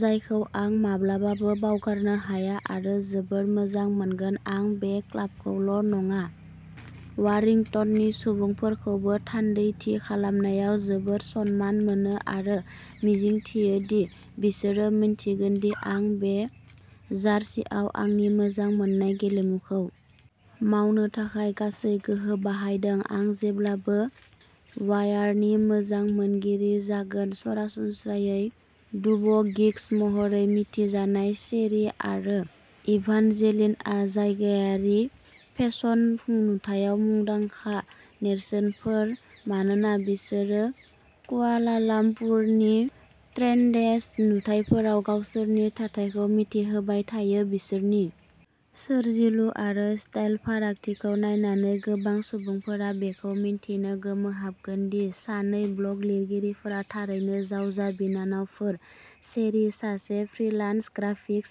जायखौ आं माब्लाबाबो बावगारनो हाया आरो जोबोद मोजां मोनगोन आं बे क्लाबखौल' नङा वारिंटननि सुबुंफोरखौबो थान्दैथि खालामनायाव जोबोद सनमान मोनो आरो मिजिंथियो दि बिसोरो मिन्थिगोन दि आं बे जार्सीआव आंनि मोजां मोननाय गेलेमुखौ मावनो थाखाय गासै गोहो बाहायदों आं जेब्लाबो वायारनि मोजां मोनगिरि जागोन सरासनस्रायै डुव'गिग्स महरै मिथिजानाय चेरी आरो इभानजेलिनआ जायगायारि फेसन नुथायाव मुंदांखा नेरसोनफोर मानोना बिसोरो कुआलालाम्पुरनि ट्रेन्डेस्ट नुथायफोराव गावसोरनि थाथायखौ मिथिहोबाय थायो बिसोरनि सोरजिलु आरो स्टाइल फारागथिखौ नायनानै गोबां सुबुंफोरा बेखौ मिथिनो गोमोहाबगोन दि सानै ब्लग लिरगिरिफोरा थारैनो जावजा बिनानावफोर चेरी सासे फ्रीलान्स ग्राफिक्स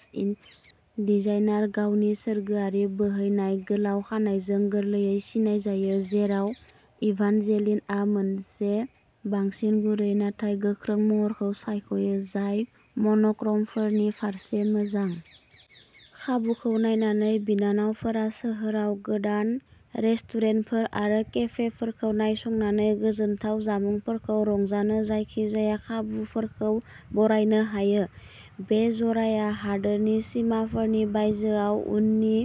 डिजाइनार गावनि सोरगोआरि बोहैनाय गोलाव खानाइजों गोरलैयै सिनायजायो जेराव इभानजेलिनआ मोनसे बांसिन गुरै नाथाय गोख्रों महरखौ सायख'यो जाय मोन'क्र'मफोरनि फारसे मोजां। खाबुखौ नायनानै बिनानावफोरा सोहोराव गोदान रेस्टुरेन्टफोर आरो केफेफोरखौ नायसंनानै गोजोनथाव जामुंफोरखौ रंजानो जायखिजाया खाबुफोरखौ बरायनो हायो। बे जराया हादोरनि सिमाफोरनि बायजोआव उननि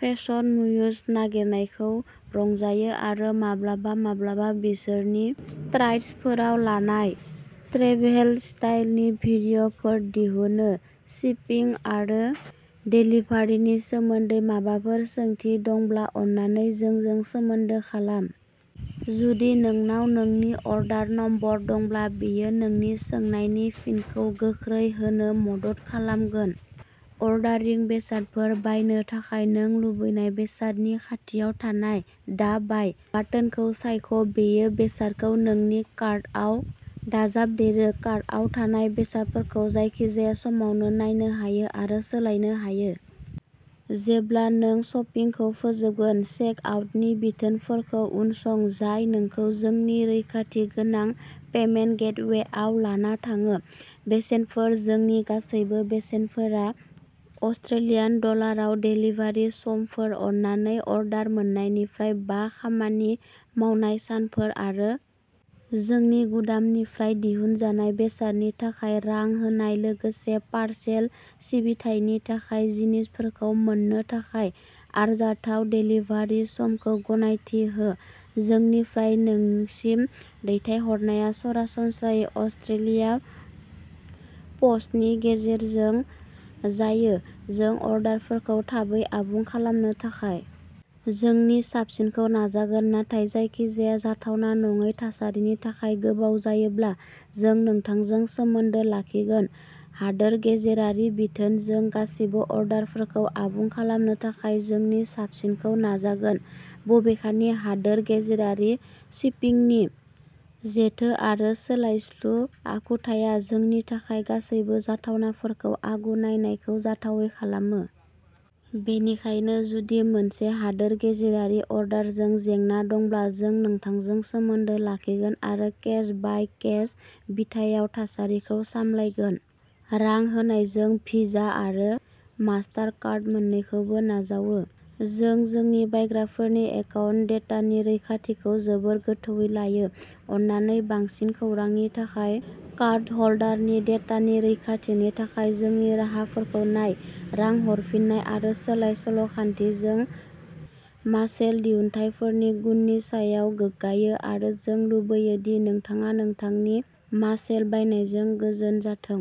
फेसन म्युज नागिरनायखौ रंजायो आरो माब्लाबा-माब्लाबा बिसोरनि ट्राइस्टफोराव लानाय ट्रेभेल स्टाइलनि भिडिय'फोर दिहुनो शिपिं आरो देलिभारिनि सोमोन्दै माबाफोर सोंथि दंब्ला अन्नानै जोंजों सोमोन्दो खालाम। जुदि नोंनाव नोंनि अर्डार नम्बर दंब्ला बेयो नोंनि सोंनायनि फिनखौ गोख्रै होनो मदद खालामगोन अर्डारिं बेसादफोर बायनो थाखाय नों लुबैनाय बेसादनि खाथियाव थानाय दा बाय बाटोनखौ सायख' बेयो बेसादखौ नोंनि कार्टआव दाजाबदेरो कार्टआव थानाय बेसादफोरखौ जायखिजाया समावनो नायनो हायो आरो सोलायनो हायो। जेब्ला नों शपिंखौ फोजोबगोन चेक आउटनि बिथोनफोरखौ उनसं जाय नोंखौ जोंनि रैखाथि गोनां पेमेन्ट गेटवेआव लाना थाङो। बेसेनफोर जोंनि गासैबो बेसेनफोरा अस्ट्रेलियान डलाराव देलिभारि समफोर अन्नानै अर्डार मोन्नायनिफ्राय बा खामानि मावनाय सानफोर आरो जोंनि गुदामनिफ्राय दिहुनजानाय बेसादनि थाखाय रां होनाय लोगोसे पारसेल सिबिथायनि थाखाय जिनिसफोरखौ मोन्नो थाखाय आरजाथाव देलिभारि समखौ गनायथि हो जोंनिफ्राय नोंसिम दैथायहरनाया सरासनस्रायै अस्ट्रेलिया पस्टनि गेजेरजों जायो जों अर्डारफोरखौ थाबै आबुं खालामनो थाखाय जोंनि साबसिनखौ नाजागोन नाथाय जायखिजाया जाथावना नङै थासारिनि थाखाय गोबाव जायोब्ला जों नोंथांजों सोमोन्दो लाखिगोन हादोर गेजेरारि बिथोन जों गासिबो अर्डारफोरखौ आबुं खालामनो थाखाय जोंनि साबसिनखौ नाजागोन बबेखानि हादोर गेजेरारि शिपिंनि जेथो आरो सोलायस्लु आखुथाया जोंनि थाखाय गासैबो जाथावनाफोरखौ आगु नायनायखौ जाथावै खालामो। बेनिखायनो जुदि मोनसे हादोर गेजेरारि अर्डारजों जेंना दंब्ला जों नोंथांजों सोमोन्दो लाखिगोन आरो केस बाय केस बिथायाव थासारिखौ सामलायगोन। रां होनाय जों भिजा आरो मास्टारकार्ड मोन्नैखौबो नाजावो। जों जोंनि बायग्राफोरनि एकाउन्ट डेटानि रैखाथिखौ जोबोद गोथौवै लायो अन्नानै बांसिन खौरांनि थाखाय कार्डहोल्डारनि डेटानि रैखाथिनि थाखाय जोंनि राहाफोरखौ नाय रां हरफिननाय आरो सोलाय सोल'खान्थि जों मासेल दिहुनथायफोरनि गुननि सायाव गोग्गायो आरो जों लुबैयो दि नोंथाङा नोंथांनि मासेल बायनायजों गोजोन जाथों।